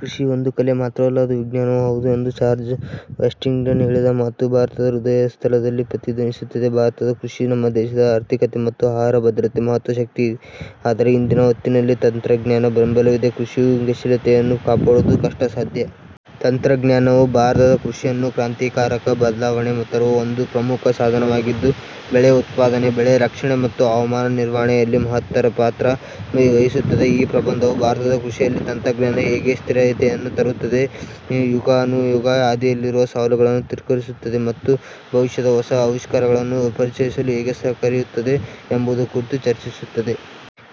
"ಕೃಷಿ ಒಂದು ಕಲೆ ಮಾತ್ರವಲ್ಲ, ಅದು ವಿಜ್ಞಾನವೂ ಹೌದು" ಎಂದು ಜಾರ್ಜ್ ವಾಷಿಂಗ್ಟನ್ ಹೇಳಿದ ಮಾತು ಭಾರತದ ಹೃದಯಸ್ಥಲದಲ್ಲಿ ಪ್ರತಿಧ್ವನಿಸುತ್ತದೆ. ಭಾರತದ ಕೃಷಿ, ನಮ್ಮ ದೇಶದ ಆರ್ಥಿಕತೆ ಮತ್ತು ಆಹಾರ ಭದ್ರತೆಗೆ ಮಹತ್ವದ ಶಕ್ತಿ. ಆದರೆ ಇಂದಿನ ಹೊತ್ತಿನಲ್ಲಿ, ತಂತ್ರಜ್ಞಾನದ ಬೆಂಬಲವಿಲ್ಲದೆ ಕೃಷಿಯು ಗತಿಶೀಲತೆಯನ್ನು ಕಾಪಾಡುವುದು ಕಷ್ಟಸಾಧ್ಯ. ತಂತ್ರಜ್ಞಾನವು ಭಾರತದ ಕೃಷಿಯನ್ನು ಕ್ರಾಂತಿಕಾರಕ ಬದಲಾವಣೆ ತರುವ ಒಂದು ಪ್ರಮುಖ ಸಾಧನವಾಗಿದ್ದು, ಬೆಳೆ ಉತ್ಪಾದನೆ, ಬೆಳೆ ರಕ್ಷಣೆ, ಮತ್ತು ಹವಾಮಾನ ನಿರ್ವಹಣೆಯಲ್ಲಿ ಮಹತ್ತರ ಪಾತ್ರ ವಹಿಸುತ್ತದೆ. ಈ ಪ್ರಬಂಧವು, ಭಾರತದ ಕೃಷಿಯಲ್ಲಿ ತಂತ್ರಜ್ಞಾನವು ಹೇಗೆ ಸ್ಥಿರತೆಯನ್ನು ತರುತ್ತದೆ, ಯುಗಾನುಯುಗ ಹಾದಿಯಲ್ಲಿರುವ ಸವಾಲುಗಳನ್ನು ತಿರಸ್ಕರಿಸುತ್ತದೆ, ಮತ್ತು ಭವಿಷ್ಯದಲ್ಲಿ ಹೊಸ ಆವಿಷ್ಕಾರಗಳನ್ನು ಪರಿಚಯಿಸಲು ಹೇಗೆ ಸಹಕಾರಿಯಾಗುತ್ತದೆ ಎಂಬುದರ ಕುರಿತು ಚರ್ಚಿಸುತ್ತದೆ.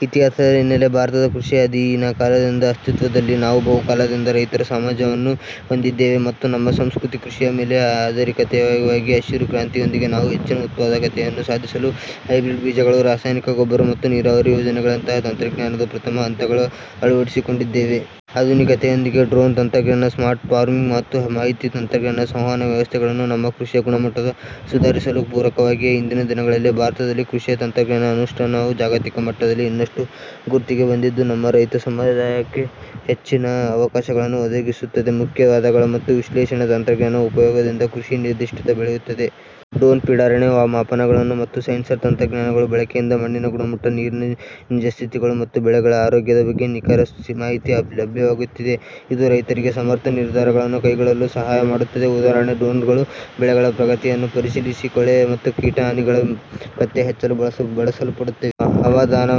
ಇತಿಹಾಸದ ಹಿನ್ನಲೆ ಭಾರತದಲ್ಲಿ ಕೃಷಿ ಅನಾದಿಕಾಲದಿಂದಲೂ ಅಸ್ತಿತ್ವದಲ್ಲಿದೆ. ನಾವು ಬಹುಕಾಲದಿಂದಲೇ ರೈತ ಸಮಾಜವನ್ನು ಹೊಂದಿದ್ದೇವೆ, ಮತ್ತು ನಮ್ಮ ಸಂಸ್ಕೃತಿ ಕೃಷಿಯ ಮೇಲೆ ಆಧಾರಿತವಾಗಿದೆ. ಹಸಿರು ಕ್ರಾಂತಿಯೊಂದಿಗೆ, ನಾವು ಹೆಚ್ಚಿನ ಉತ್ಪಾದಕತೆಯನ್ನು ಸಾಧಿಸಲು ಹೈಬ್ರಿಡ್ ಬೀಜಗಳು, ರಾಸಾಯನಿಕ ಗೊಬ್ಬರ, ಮತ್ತು ನೀರಾವರಿ ಯೋಜನೆಗಳಂತಹ ತಂತ್ರಜ್ಞಾನದ ಪ್ರಥಮ ಹಂತಗಳನ್ನು ಅಳವಡಿಸಿಕೊಂಡಿದ್ದೇವೆ. ಆಧುನಿಕತೆಯೊಂದಿಗೆ, ಡ್ರೋನ್ ತಂತ್ರಜ್ಞಾನ, ಸ್ಮಾರ್ಟ್ ಫಾರ್ಮಿಂಗ್, ಮತ್ತು ಮಾಹಿತಿ ತಂತ್ರಜ್ಞಾನ ಸಂವಹನ ವ್ಯವಸ್ಥೆಗಳು ನಮ್ಮ ಕೃಷಿಯ ಗುಣಮಟ್ಟವನ್ನು ಸುಧಾರಿಸಲು ಪೂರಕವಾಗಿವೆ. ಇಂದಿನ ದಿನಗಳಲ್ಲಿ, ಭಾರತದಲ್ಲಿ ಕೃಷಿ ತಂತ್ರಜ್ಞಾನದ ಅನುಷ್ಠಾನವು ಜಾಗತಿಕ ಮಟ್ಟದಲ್ಲಿ ಇನ್ನಷ್ಟು ಗುರುತಿಗೆ ಬಂದಿದ್ದು, ನಮ್ಮ ರೈತ ಸಮುದಾಯಕ್ಕೆ ಹೆಚ್ಚಿನ ಅವಕಾಶಗಳನ್ನು ಒದಗಿಸುತ್ತಿದೆ. ಮುಖ್ಯ ವಾದಗಳು ಮತ್ತು ವಿಶ್ಲೇಷಣೆ ತಂತ್ರಜ್ಞಾನದ ಉಪಯೋಗದಿಂದ ಕೃಷಿಯಲ್ಲಿ ನಿರ್ದಿಷ್ಟತೆ ಬೆಳೆಯುತ್ತಿದೆ. ಡ್ರೋನ್ ಪಿಡಾರಣೆ, ಮಾಪನಗಳು, ಮತ್ತು ಸೆನ್ಸಾರ್ ತಂತ್ರಜ್ಞಾನಗಳ ಬಳಕೆಯಿಂದ ಮಣ್ಣಿನ ಗುಣಮಟ್ಟ, ನೀರಿನ ನಿಜಸ್ಥಿತಿಗಳು, ಮತ್ತು ಬೆಳೆಗಳ ಆರೋಗ್ಯದ ಬಗ್ಗೆ ನಿಖರ ಮಾಹಿತಿ ಲಭ್ಯವಾಗುತ್ತಿದೆ. ಇದು ರೈತರಿಗೆ ಸಮರ್ಥ ನಿರ್ಧಾರಗಳನ್ನು ಕೈಗೊಳ್ಳಲು ಸಹಾಯ ಮಾಡುತ್ತದೆ. ಉದಾಹರಣೆಗೆ, ಡ್ರೋನ್ಗಳು ಬೆಳೆಗಳ ಪ್ರಗತಿಯನ್ನು ಪರಿಶೀಲಿಸಲು, ಕೊಳೆ ಮತ್ತು ಕೀಟ ಹಾನಿಗಳನ್ನು ಪತ್ತೆಹಚ್ಚಲು ಬಳಸಲ್ಪಡುತ್ತಿವೆ. ಅವಧಾನ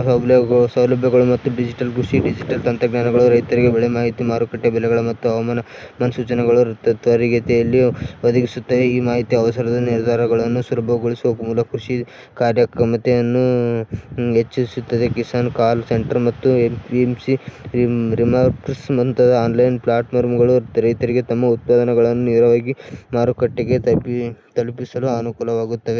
ಸೌಲಭ್ಯಗಳು ಮತ್ತು ಡಿಜಿಟಲ್ ಕೃಷಿ ಡಿಜಿಟಲ್ ತಂತ್ರಜ್ಞಾನಗಳು ರೈತರಿಗೆ ಬೆಳೆ ಮಾಹಿತಿ, ಮಾರುಕಟ್ಟೆ ಬೆಲೆಗಳು, ಮತ್ತು ಹವಾಮಾನ ಮುನ್ಸೂಚನೆಗಳನ್ನು ತ್ವರಿತಗತಿಯಲ್ಲಿ ಒದಗಿಸುತ್ತವೆ. ಈ ಮಾಹಿತಿ ಅವಸರದ ನಿರ್ಧಾರಗಳನ್ನು ಸುಲಭಗೊಳಿಸುವ ಮೂಲಕ ಕೃಷಿ ಕಾರ್ಯಕ್ಷಮತೆಯನ್ನು ಹೆಚ್ಚಿಸುತ್ತದೆ. 'ಕಿಸಾನ್ ಕಾಲ್ ಸೆಂಟರ್' ಮತ್ತು 'ಎಪಿಎಂಸಿ ರಿಫಾರ್ಮ್ಸ್' ಮುಂತಾದ ಆನ್ಲೈನ್ ಪ್ಲಾಟ್ಫಾರ್ಮ್ಗಳು, ರೈತರಿಗೆ ತಮ್ಮ ಉತ್ಪನ್ನಗಳನ್ನು ನೇರವಾಗಿ ಮಾರುಕಟ್ಟೆಗೆ ತಲುಪಿಸಲು ಅನುಕೂಲವಾಗುತ್ತವೆ.